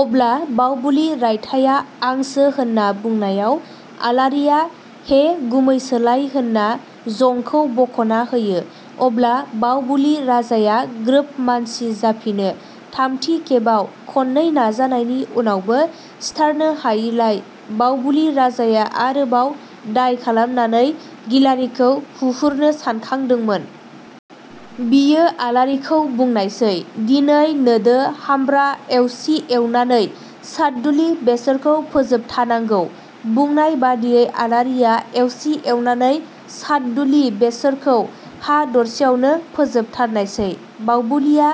अब्ला बावबुलि राइथाया आंसो होनना बुनायाव आलारिया हे गुमैसोलाय होनना जंखौ बखना होयो अब्ला बावबुलि राजाया ग्रोब मानसि जाफिनो। थामथि खेबाव, खननै नाजानायनि उनावबो सिथारनो हायिलाय बावबुलि राजाया आरोबाव दाय खालामनानै गिलारिखौ हुहुरनो सानखांदोंमोन। बियो आलारिखौ बुंनायसै – "दिनै नोडो हाम्रा एवसि एवनानै साथदुलि बेसरखौ फोजोबथानांगौ"। बुंनाय बादियै आलारिया एवसि एवनानै साथदुलि बेसरखौ हा दरसेयावनो फोजोबथारनायसै। बावबुलिया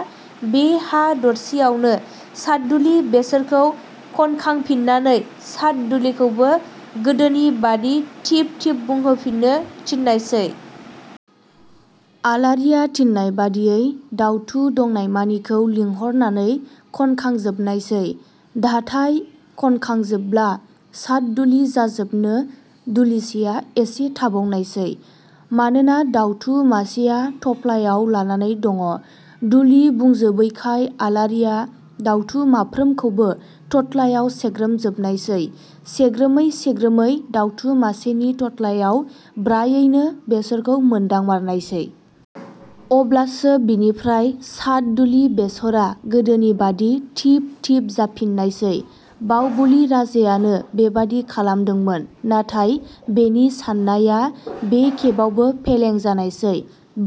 बे हा दरसेयावनो साथदुलि बेसरखौ खनखांफिननानै साथ दुलिखौबो गोदोनि बादि थिब थिब बुंहोफिननो थिननायसै। आलारिया थिननाय बादियै दाउथु दंनायमानिखौ लिंहरनानै खनखांजोबनायसै। धाथाइ खनखांजोबब्ला साथदुलि जाजोबनो दुलिसेया एसे थाबावनायसै। मानोना दाउथु मासेया थप्लायाव लानानै दङ'। दुलि बुंजोबैखाय आलारिया दाउथु माफ्रोमखौबो थथलायाव सेग्रोमजोबनायसै। सेग्रोमै सेग्रोमै दाउथु मासेनि थथलायाव ब्रायैनो बेसरखौ मोनदांमारनायसै। अब्लासो बिनिफ्राय साथदुलि बेसरा गोदोनिबादि थिब थिब जाफिननायसै। बावबुलि राजायानो बेबादि खालामदोंमोन, नाथाइ बेनि साननाया बे खेबावबो फेलें जानायसै।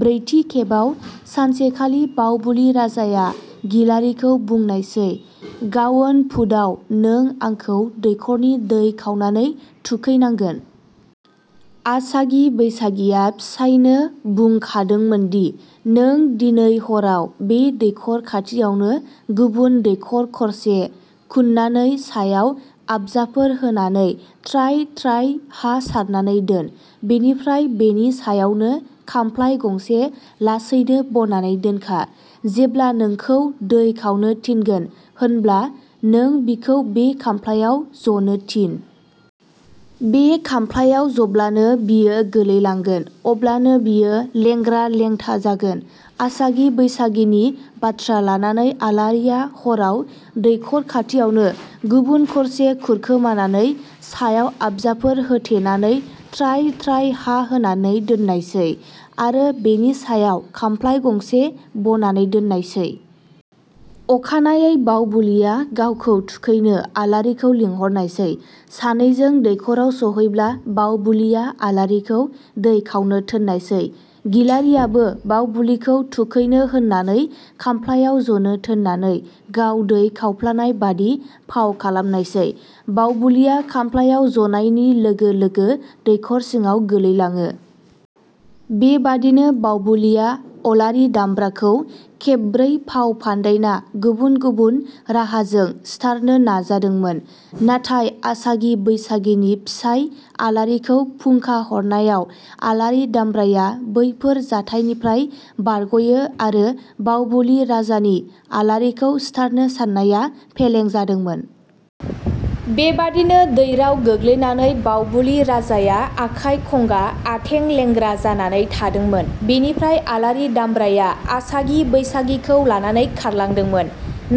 ब्रैथि खेबाव, सानसेखालि बावबुलि राजाया गिलारिखौ बुंनायसै – "गावोन फुडाव नों आंखौ दैखरनि दै खावनानै थुखैनांगोन"। आसागि बैसागिया फिसाइनो बुंखादोंमोनदि – "नों दिनै हराव बे दैखर खाथियावनो गुबुन दैखर खरसे खु'ननानै सायाव आबजाफोर होनानै थ्राय थ्राय हा सारनानै दोन। बेनिफ्राय बेनि सायावनो खामफ्लाइ गंसे लासैनो बनानै दोनखा। जेब्ला नोंखौ दै खावनो थिनगोन, होमब्ला नों बिखौ बे खामफ्लाइयाव जनो थिन। बे खामफ्लाइयाव जब्लानो बियो गोलैलांगोन। अब्लानो बियो लेंग्रा लेंथा जागोन। आसागि बैसागिनि बाथ्रा लानानै आलारिया हराव दैखर खाथियावनो गुबुन खरसे खुरखोमानानै सायाव आबजाफोर होथेनानै थ्राय थ्राय हा होनानै दोननायसै। आरो बेनि सायाव खामफ्लाइ गंसे बनानै दोननायसै। अखानायै बावबुलिया गावखौ थुखैनो आलारिखौ लिंहरनायसै। सानैजों दैखराव सहैब्ला बावबुलिया आलारिखौ दै खावनो थोननायसै। गिलारियाबो बावबुलिखौ थुखैनो होननानै खामफ्लाइयाव जनो थोननानै गाव दै खावफ्लानाय बादि फाव खालामनायसै। बावबुलिया खामफ्लाइयाव जनायनि लोगो लोगो दैखर सिङाव गोलैलांङो। बेबादिनो बावबुलिया अलारि दामब्राखौ खेब ब्रै फाव फान्दायना गुबुन गुबुन राहाजों सिथारनो नाजादोंमोन। नाथाइ आसागि बैसागिनि फिसाइ आलारिखौ फुंखा हरनायाव आलारि दामब्राया बैफोर जाथाइनिफ्राय बारग'यो आरो बावबुलि राजानि आलारिखौ सिथारनो साननाया फेलें जादोंमोन। बेबादिनो दैराव गोग्लैनानै बावबुलि राजाया आखाइ खंगा, आथें लेंग्रा जानानै थादोंमोन। बेनिफ्राय आलारि दामब्राया आसागि बैसागिखौ लानानै खारलांदोंमोन।.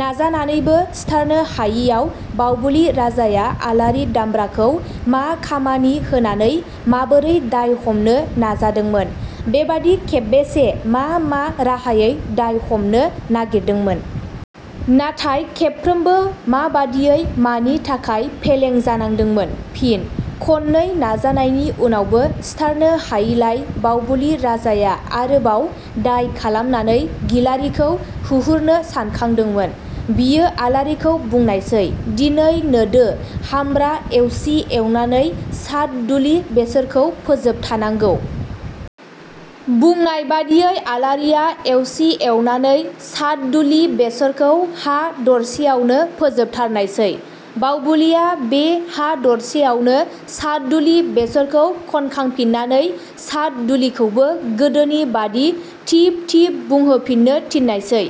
नाजानानैबो सिथारनो हायियाव बावबुलि राजाया आलारि दामब्राखौ मा खामानि होनानै माबोरै दाय हमनो नाजादोंमोन? बेबादि खेबबेसे मा मा राहायै दाय हमनो नागिरदोंमोन? नाथाय खेबफ्रोमबो माबादियै मानि थाखाय फेलें जानांदोंमोन? फिन: खननै नाजानायनि उनावबो सिथारनो हायिलाय बावबुलि राजाया आरोबाव दाय खालामनानै गिलारिखौ हुहुरनो सानखांदोंमोन। बियो आलारिखौ बुंनायसै – "दिनै नोडो हाम्रा एवसि एवनानै साथदुलि बेसरखौ फोजोबथानांगौ"। बुंनाय बादियै आलारिया एवसि एवनानै साथदुलि बेसरखौ हा दरसेयावनो फोजोबथारनायसै। बावबुलिया बे हा दरसेयावनो साथदुलि बेसरखौ खनखांफिननानै साथ दुलिखौबो गोदोनि बादि थिब थिब बुंहोफिननो थिननायसै।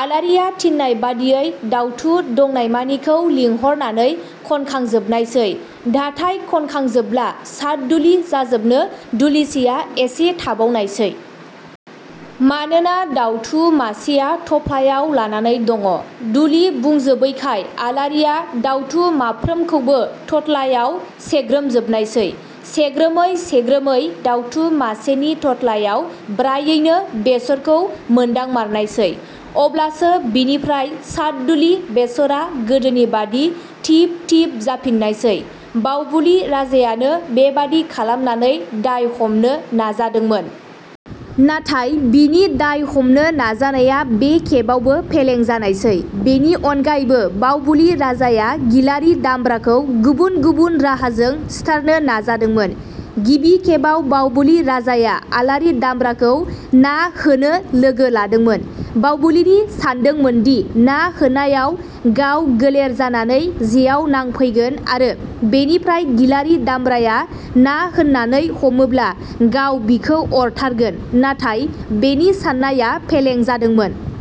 आलारिया थिननाय बादियै दाउथु दंनायमानिखौ लिंहरनानै खनखांजोबनायसै। धाथाइ खनखांजोबब्ला साथदुलि जाजोबनो दुलिसेया एसे थाबावनायसै। मानोना दाउथु मासेया थप्लायाव लानानै दङ'। दुलि बुंजोबैखाय आलारिया दाउथु माफ्रोमखौबो थथलायाव सेग्रोमजोबनायसै। सेग्रोमै सेग्रोमै दाउथु मासेनि थथलायाव ब्रायैनो बेसरखौ मोनदांमारनायसै। अब्लासो बिनिफ्राय साथदुलि बेसरा गोदोनिबादि थिब थिब जाफिननायसै। बावबुलि राजायानो बेबादि खालामनानै दाय हमनो नाजादोंमोन। नाथाइ बिनि दाय हमनो नाजानाया बे खेबावबो फेलें जानायसै। बेनि अनगायैबो बावबुलि राजाया गिलारि दामब्राखौ गुबुन गुबुन राहाजों सिथारनो नाजादोंमोन – गिबि खेबाव बावबुलि राजाया आलारि दामब्राखौ ना होनो लोगो लादोंमोन। बावबुलिनि सानदोंमोनदि ना होनायाव गाव गोलेर जानानै जेयाव नांफैगोन आरो बेनिफ्राय गिलारि दामब्राया ना होननानै हमोब्ला गाव बिखौ अरथारगोन। नाथाइ बेनि साननाया फेलें जादोंमोन।